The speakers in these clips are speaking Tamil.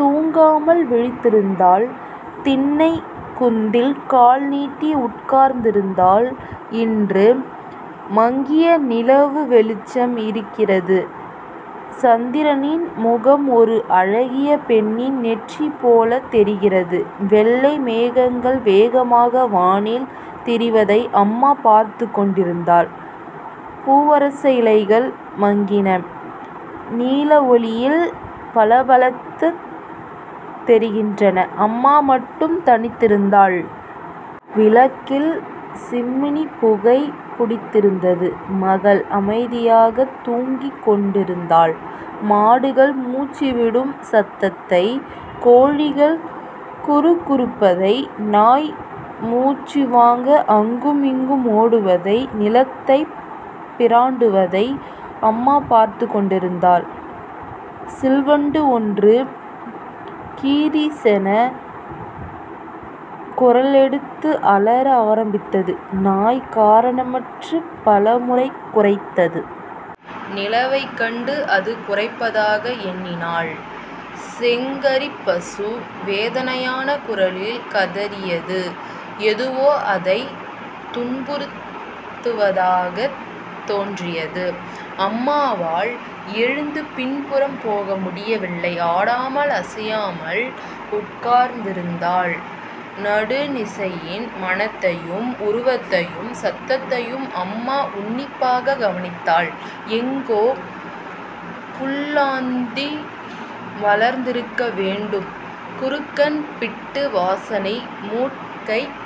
தூங்காமல் விழித்திருந்தாள். திண்ணைக் குந்தில் கால் நீட்டி உட்கார்ந்தாள். இன்று மங்கிய நிலவு வெளிச்சம் இருக்கிறது. சந்திரனின் முகம் ஒரு அழகிய பெண்ணின் நெற்றி போலத் தரிகிறது. வெள்ளை மேகங்கள் வேகமாக வானில் திரிவதை அம்மா பார்த்துக்கொண்டிருத்தாள். பூவரசயிலைகள் மங்கின நிலவொளியில் பளபளத்துத் தெரிகின்றன. அம்மா மட்டும் தனித்திருந்தாள். விளக்கில் சிம்னி புகை படிந்திருந்தது. மகள் அமைதியாகத் தூங்கிக் கொண்டிருந்தாள். மாடுகள் மூச்சு விடும் சத்தத்தை கோழிகள் குறுகுறுப்பதை நாய் மூச்சுவாங்க அங்கும் இங்கும் ஓடுவதை நிலத்தைப் பிராண்டுவதை. அம்மா பார்த்துக் கொண்டிருந்தாள். சிள்வண்டு ஒன்று கிரிச்சென குரலெடுத்து அலற ஆரம்பித்தது. நாய் காரணமற்றுப் பலமுறை குரைத்தது. நிலவைக் கண்டு அது குரைப்பதாக எண்ணினாள். செங்காரிப்பசு வேதனையான குரலில் கதறியது எதுவோ அதைத் துன்புறுத்துவதாகத் தோன்றியது. அம்மாவால் எழுந்து பின்புறம் போக முடியவில்லை. ஆடாமல் அசையாமல் உட்கார்ந்திருந்தாள். நடுநிசியின் மணத்தையும் உருவத்தையும் சத்தத்தையும் அம்மா உன்னிப்பாக கவனித்தாள். எங்கோ புல்லாந்தி மலர்ந்திருக்க வேண்டும். குரக்கன் பிட்டு வாசனை மூக்கைக்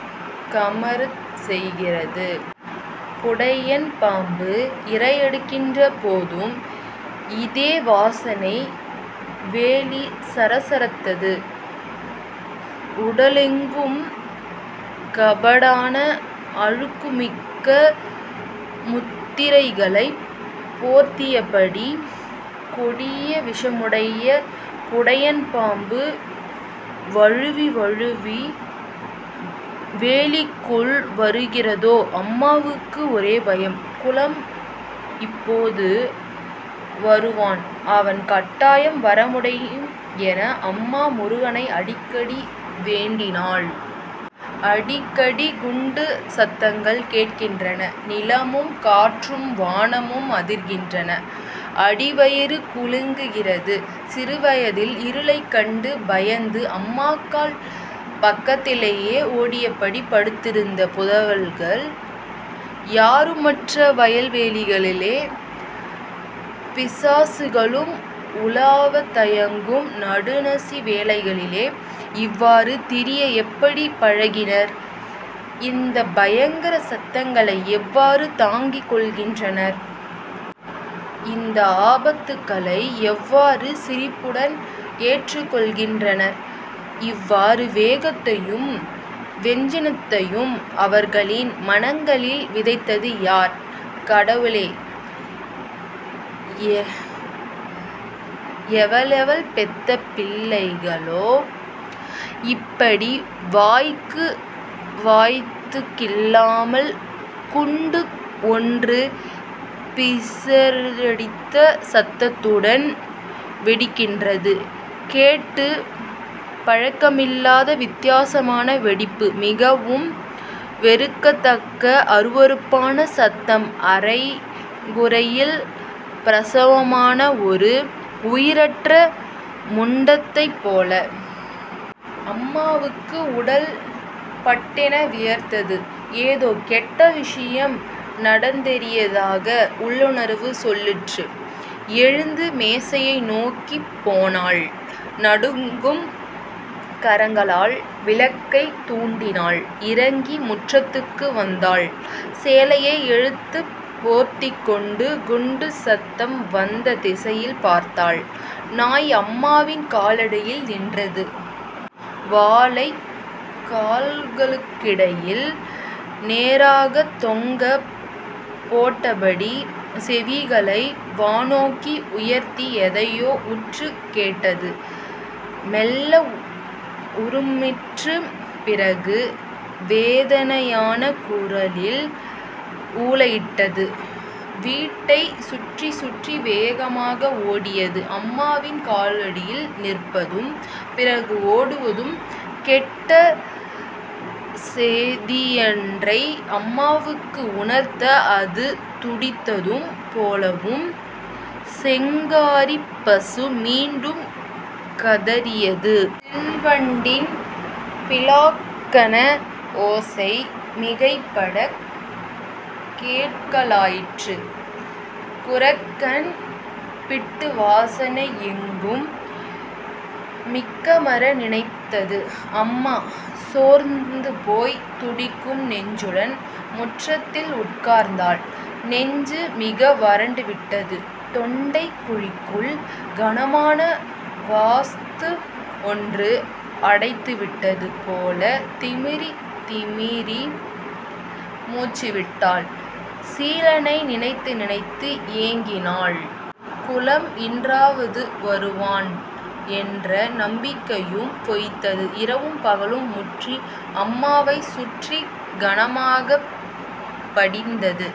கமறச் செய்கிறது. புடையன் பாம்பு இரையெடுக்கின்ற போதும் இதே வாசனை வேலி சரசரத்தது. உடலெங்கும் கபடான அழகுமிக்க முத்திரைகளைப் போர்த்தியபடி கொடிய விஷமுடைய புடையன் பாம்பு வழுவி வழுவி வேலிக்குள் வருகிறதோ? அம்மாவுக்கு ஒரே பயம் குலம் எப்போது வருவான்? அவன் கட்டாயம் வரவேண்டும் என அம்மா முருகனை அடிக்கடி வேண்டினாள். அடிக்கடி குண்டுச் சத்தங்கள் கேட்கின்றன. நிலமும் காற்றும் வானும் அதிர்கின்றன. அடிவயிறு குலுங்குகிறது. சிறுவயதில் இருளைக் கண்டு பயந்து அம்மாக்கள் பக்கத்திலேயே ஒட்டியபடி படுத்திருந்த புதல்வர்கள் யாருமற்ற வயல்வெளிகளிலே பிசாசுகளும் உலவத் தயங்கும் நடுநிசி வேளைகளிலே இவ்வாறு திரிய எப்படிப் பழகினர்? இந்தப் பயங்கர சத்தங்களை எவ்வாறு தாங்கிக் கொள்கின்றனர்? இந்த ஆபத்துக்களை எவ்வாறு சிரிப்புடன் ஏற்றுக் கொள்கின்றனர்? இவ்வாறு வேகத்தையும் வெஞ்சினத்தையும் அவர்களின் மனங்களில் விதைத்தது யார்? கடவுளே எவளெவள் பெத்த பிள்ளையளோ.. இப்பிடி வாய்க்கு வயித்துக்கில்லாமல்..குண்டு ஒன்று பிசிறடித்த சத்தத்துடன் வெடிக்கின்றது. கேட்டுப் பழக்கமில்லாத வித்தியாசமான வெடிப்பு. மிகவும் வெறுக்கத்தக்க அருவருப்பான சத்தம் அரை குறையில் பிரசவமான ஒரு உயிரற்ற முண்டத்தைப் போல. அம்மாவுக்கு உடல் பட்டென வியர்த்தது. ஏதோ கெட்ட விஷயம் நடந்தேறியதாக உள்ளுணர்வு சொல்லிற்று. எழுந்து மேசையை நோக்கிப் போனாள். நடுங்கும் கரங்களால் விளக்கைத் தூண்டினாள். இறங்கி முற்றத்துக்கு வந்தாள். சேலையை இழுத்துப் போத்திக்கொண்டு குண்டுச் சத்தம் வந்த திசையில் பார்த்தாள். நாய் அம்மாவின் காலடியில் நின்றது. வாலைக் கால்களுக்கிடையில் நேராகத்தொங்கப் போட்டபடி செவிகளை வானோக்கி உயர்த்தி எதையோ உற்றுக் கேட்டது. மெல்ல உறுமிற்று. பிறகு வேதனையான குரலில் ஊளையிட்டது. வீட்டைச் சுற்றிச்சுற்றி வேகமாக ஓடியது. அம்மாவின் காலடியில் நிற்பதும்... பிறகு ஓடுவதும்... கெட்ட சேதியன்றை அம்மாவுக்கு உணர்த்த அது துடித்ததும் போலும்! செங்காரிப் பசு மீண்டும் கதறியது. சிள்வண்டின் பிலாக்கண ஓசை மிகைபடக் கேட்கலாயிற்று. குரக்கன் பிட்டுவாசனை எங்கும் நீக்கமற நிறைந்தது. அம்மா சோர்ந்துபோய், துடிக்கும் நெஞ்சுடன் முற்றத்தில் உட்கார்ந்தாள். நெஞ்சு மிக வரண்டு விட்டது. தொண்டைக் குழிக்குள் கனமான வஸ்து ஒன்று அடைத்துவிட்டது போலத் திமிறித்திமிறி மூச்சுவிட்டாள். சீலனை நினைத்து நினைத்து ஏங்கினாள். குலம் இன்றாவது வருவான் என்ற நம்பிக்கையும் பொய்த்தது. இரவும் பகலும் முற்றி அம்மாவைச் சுற்றிக் கனமாகப் படிந்தது,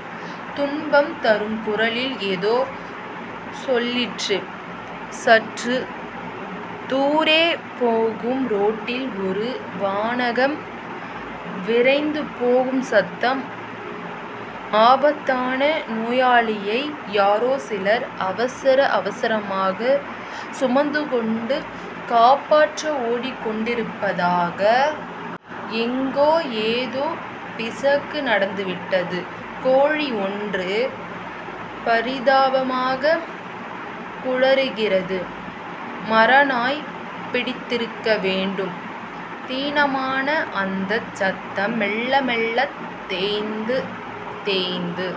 துன்பம் தரும் குரலில் ஏதோ சொல்லிற்று. சற்றுத் தூரே போகும் ரோட்டில் ஒரு வாகனம் விரைந்து போகும் சத்தம். ஆபத்தான நோயாளியை யாரோ சிலர் அவசர அவசரமாகச் சுமந்துகொணடு காப்பாற்ற ஓடிக் கொண்டிருப்பதாக.... எங்கோ ஏதோ பிசகு நடந்துவிட்டது. கோழிஒன்று பரிதாபமாகக் குழறுகிறது. மரநாய் பிடித்திருக்க வேண்டும். தீனமான அந்தச் சத்தம் மெல்ல மெல்லத் தேய்ந்து தேய்ந்து